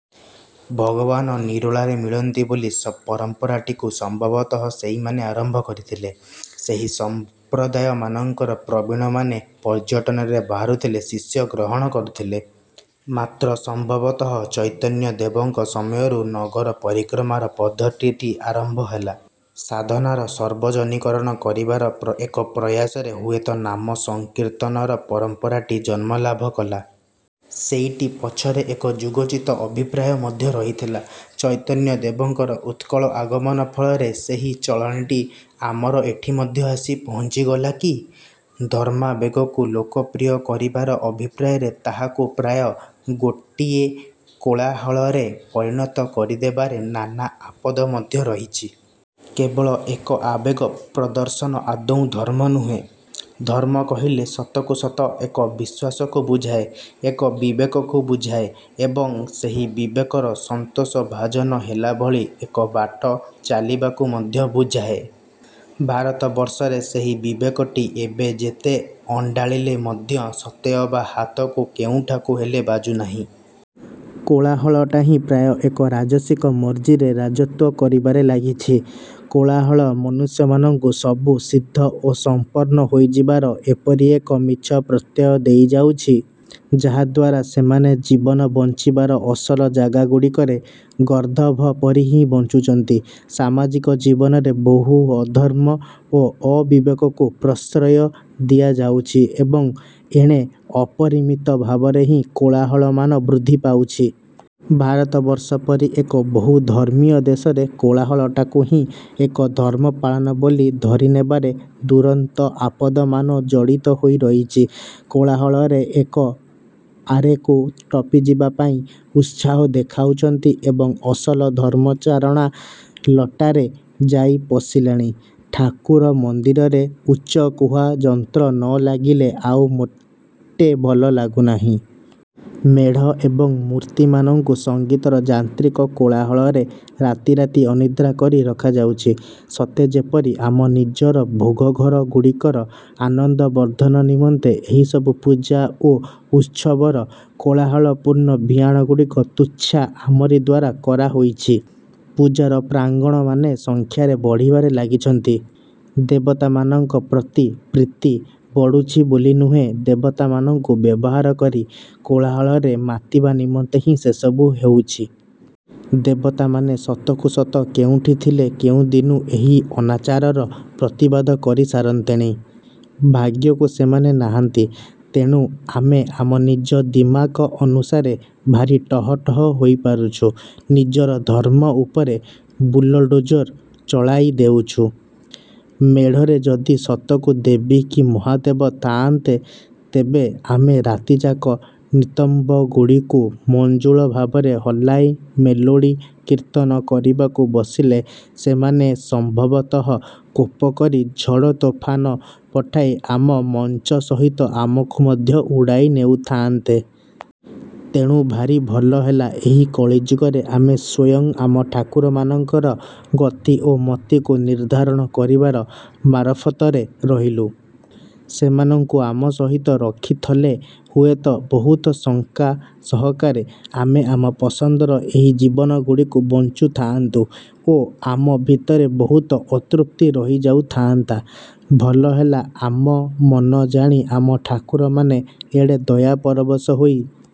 ଭଗବାନ ନିରୋଳାରେ ମିଳନ୍ତି ବୋଲି ପରମ୍ପରାଟିକୁ ସମ୍ଭବତଃ ସେଇମାନେ ଆରମ୍ଭ କରିଥିଲେ। ସେହି ସମ୍ପ୍ରଦାୟମାନଙ୍କର ପ୍ରବୀଣମାନେ ପର୍ଯ୍ୟଟନରେ ବାହାରୁଥିଲେ, ଶିଷ୍ୟ ଗ୍ରହଣ କରୁଥିଲେ। ମାତ୍ର ସମ୍ଭବତଃ ଚୈତନ୍ୟଦେବଙ୍କ ସମୟରୁ ନଗର ପରିକ୍ରମାର ପଦ୍ଧତିଟି ଆରମ୍ଭ ହେଲା। ସାଧନାର ସର୍ବଜନୀକରଣ କରିବାର ଏକ ପ୍ରୟାସରେ ହୁଏତ ନାମ ସଂକୀର୍ତ୍ତନର ପରମ୍ପରାଟି ଜନ୍ମଲାଭ କଲା-। ସେଇଟି ପଛରେ ଏକ ଯୁଗୋଚିତ ଅଭିପ୍ରାୟ ମଧ୍ୟ ରହିଥିଲା। ଚୈତନ୍ୟ ଦେବଙ୍କର ଉତ୍କଳ ଆଗମନ ଫଳରେ ସେହି ଚଳଣିଟି ଆମର ଏଠି ମଧ୍ୟ ଆସି ପହଞ୍ଚିଗଲା କି? ଧର୍ମାବେଗକୁ ଲୋକପ୍ରିୟ କରିବାର ଅଭିପ୍ରାୟରେ ତାହାକୁ ପ୍ରାୟ ଗୋଟିଏ କୋଳାହଳରେ ପରିଣତ କରିଦେବାରେ ନାନା ଆପଦ ମଧ୍ୟ ରହିଛି। କେବଳ ଏକ ଆବେଗ ପ୍ରଦର୍ଶନ ଆଦୌ ଧର୍ମ ନୁହେଁ। ଧର୍ମ କହିଲେ ସତକୁ ସତ ଏକ ବିଶ୍ୱାସକୁ ବୁଝାଏ, ଏକ ବିବେକକୁ ବୁଝାଏ ଏବଂ ସେହି ବିବେକର ସନ୍ତୋଷଭାଜନ ହେଲାଭଳି ଏକ ବାଟ ଚାଲିବାକୁ ମଧ୍ୟ ବୁଝାଏ। ଭାରତବର୍ଷରେ ସେହି ବିବେକଟି ଏବେ ଯେତେ ଅଣ୍ଡାଳିଲେ ମଧ୍ୟ ସତେଅବା ହାତକୁ କେଉଁଠାକୁ ହେଲେ ବାଜୁନାହିଁ। କୋଳାହଳଟା ହିଁ ପ୍ରାୟ ଏକ ରାଜସିକ ମର୍ଜିରେ ରାଜତ୍ୱ କରିବାରେ ଲାଗିଛି। କୋଳାହଳ ମନୁଷ୍ୟମାନଙ୍କୁ ସବୁ ସିଦ୍ଧ ଓ ସଂପନ୍ନ ହୋଇଯିବାର ଏପରି ଏକ ମିଛ ପ୍ରତ୍ୟୟ ଦେଇଯାଉଛି, ଯାହାଦ୍ୱାରା ସେମାନେ ଜୀବନ ବଂଚିବାର ଅସଲ ଜାଗାଗୁଡ଼ିକରେ ଗର୍ଦ୍ଦଭ ପରି ହିଁ ବଞ୍ଚୁଛନ୍ତି। ସାମାଜିକ ଜୀବନରେ ବହୁ ଅଧର୍ମ ଓ ଅବିବେକକୁ ପ୍ରଶ୍ରୟ ଦିଆଯାଉଛି ଏବଂ ଏଣେ ଅପରିମିତ ଭାବରେ ହିଁ କୋଳାହଳମାନ ବୃଦ୍ଧି ପାଉଛି। ଭାରତବର୍ଷ ପରି ଏକ ବହୁଧର୍ମୀୟ ଦେଶରେ କୋଳାହଳଟାକୁ ହିଁ ଏକ ଧର୍ମପାଳନ ବୋଲି ଧରିନେବାରେ ଦୁରନ୍ତ ଆପଦମାନ ଜଡ଼ିତ ହୋଇ ରହିଛି। କୋଳାହଳରେ ଏକ ଆରେକୁ ଟପିଯିବା ପାଇଁ ଉତ୍ସାହ ଦେଖାଉଛନ୍ତି ଏବଂ ଅସଲ ଧର୍ମଚାରଣା ଲଟାରେ ଯାଇ ପଶିଲାଣି। ଠାକୁର ମନ୍ଦିରରେ ଉଚ୍ଚକୁହା ଯନ୍ତ୍ର ନଲାଗିଲେ ଆଉ ମୋଟେ ଭଲ ଲାଗୁନାହିଁ। ମେଢ଼ ଏବଂ ମୂର୍ତ୍ତିମାନଙ୍କୁ ସଂଗୀତର ଯାନ୍ତ୍ରିକ କୋଳାହଳରେ ରାତି ରାତି ଅନିଦ୍ରା କରି ରଖାଯାଉଛି। ସତେ ଯେପରି ଆମ ନିଜର ଭୋଗଘର ଗୁଡ଼ିକର ଆନନ୍ଦବର୍ଦ୍ଧନ ନିମନ୍ତେ ଏହିସବୁ ପୂଜା ଓ ଉତ୍ସବର କୋଳାହଳପୂର୍ଣ୍ଣ ଭିଆଣଗୁଡ଼ିକ ତୁଚ୍ଛା ଆମରି ଦ୍ଵାରା କରାହୋଇଛି। ପୂଜାର ପ୍ରାଙ୍ଗଣମାନେ ସଂଖ୍ୟାରେ ବଢ଼ିବାରେ ଲାଗିଛନ୍ତି; ଦେବତାମାନଙ୍କ ପ୍ରତି ପ୍ରୀତି ବଢୁଛି ବୋଲି ନୁହେଁ, ଦେବତାମାନଙ୍କୁ ବ୍ୟବହାର କରି କୋଳାହଳରେ ମାତିବା ନିମନ୍ତେ ହିଁ ସେସବୁ ହେଉଛି। ଦେବତାମାନେ ସତକୁ ସତ କେଉଁଠି ଥିଲେ କେଉଁଦିନୁ ଏହି ଅନାଚାରର ପ୍ରତିବାଦ କରି ସାରନ୍ତେଣି। ଭାଗ୍ୟକୁ ସେମାନେ ନାହାନ୍ତି, ତେଣୁ ଆମେ ଆମ ନିଜ ଦିମାକ ଅନୁସାରେ ଭାରି ଟହଟହ ହୋଇପାରୁଛୁ, ନିଜର ଧର୍ମ ଉପରେ ବୁଲଡୋଜର ଚଲାଇ ଦେଉଛୁ। ମେଢ଼ରେ ଯଦି ସତକୁ ଦେବୀ କି ମହାଦେବ ଥାଆନ୍ତେ, ତେବେ ଆମେ ରାତିଯାକ ନିତମ୍ବଗୁଡ଼ିକୁ ମଞ୍ଜୁଳ ଭାବରେ ହଲାଇ ମେଲୋଡ଼ି କୀର୍ତ୍ତନ କରିବାକୁ ବସିଲେ ସେମାନେ ସମ୍ଭବତଃ କୋପ କରି ଝଡ଼ତୋଫାନ ପଠାଇ ଆମ ମଚଂ ସହିତ ଆମକୁ ମଧ୍ୟ ଉଡ଼ାଇ ନେଉଥାଆନ୍ତେ। ତେଣୁ ଭାରି ଭଲ ହେଲା, ଏହି କଳିଯୁଗରେ ଆମେ ସ୍ୱୟଂ ଆମ ଠାକୁରମାନଙ୍କର ଗତି ଓ ମତିକୁ ନିର୍ଦ୍ଧାରଣ କରିବାର ମାରଫତରେ ରହିଲୁ। ସେମାନଙ୍କୁ ଆମ ସହିତ ରଖିଥଲେ ହୁଏତ ବହୁତ ଶଙ୍କା ସହକାରେ ଆମେ ଆମ ପସନ୍ଦର ଏହି ଜୀବନଗୁଡ଼ିକୁ ବଂଚୁଥାଆନ୍ତୁ ଓ ଆମ ଭିତରେ ବହୁତ ଅତୃପ୍ତି ରହିଯାଉଥାଆନ୍ତା-। ଭଲହେଲା ଆମ ମନ ଜାଣି ଆମ ଠାକୁରମାନେ ଏଡ଼େ ଦୟାପରବଶ ହୋଇ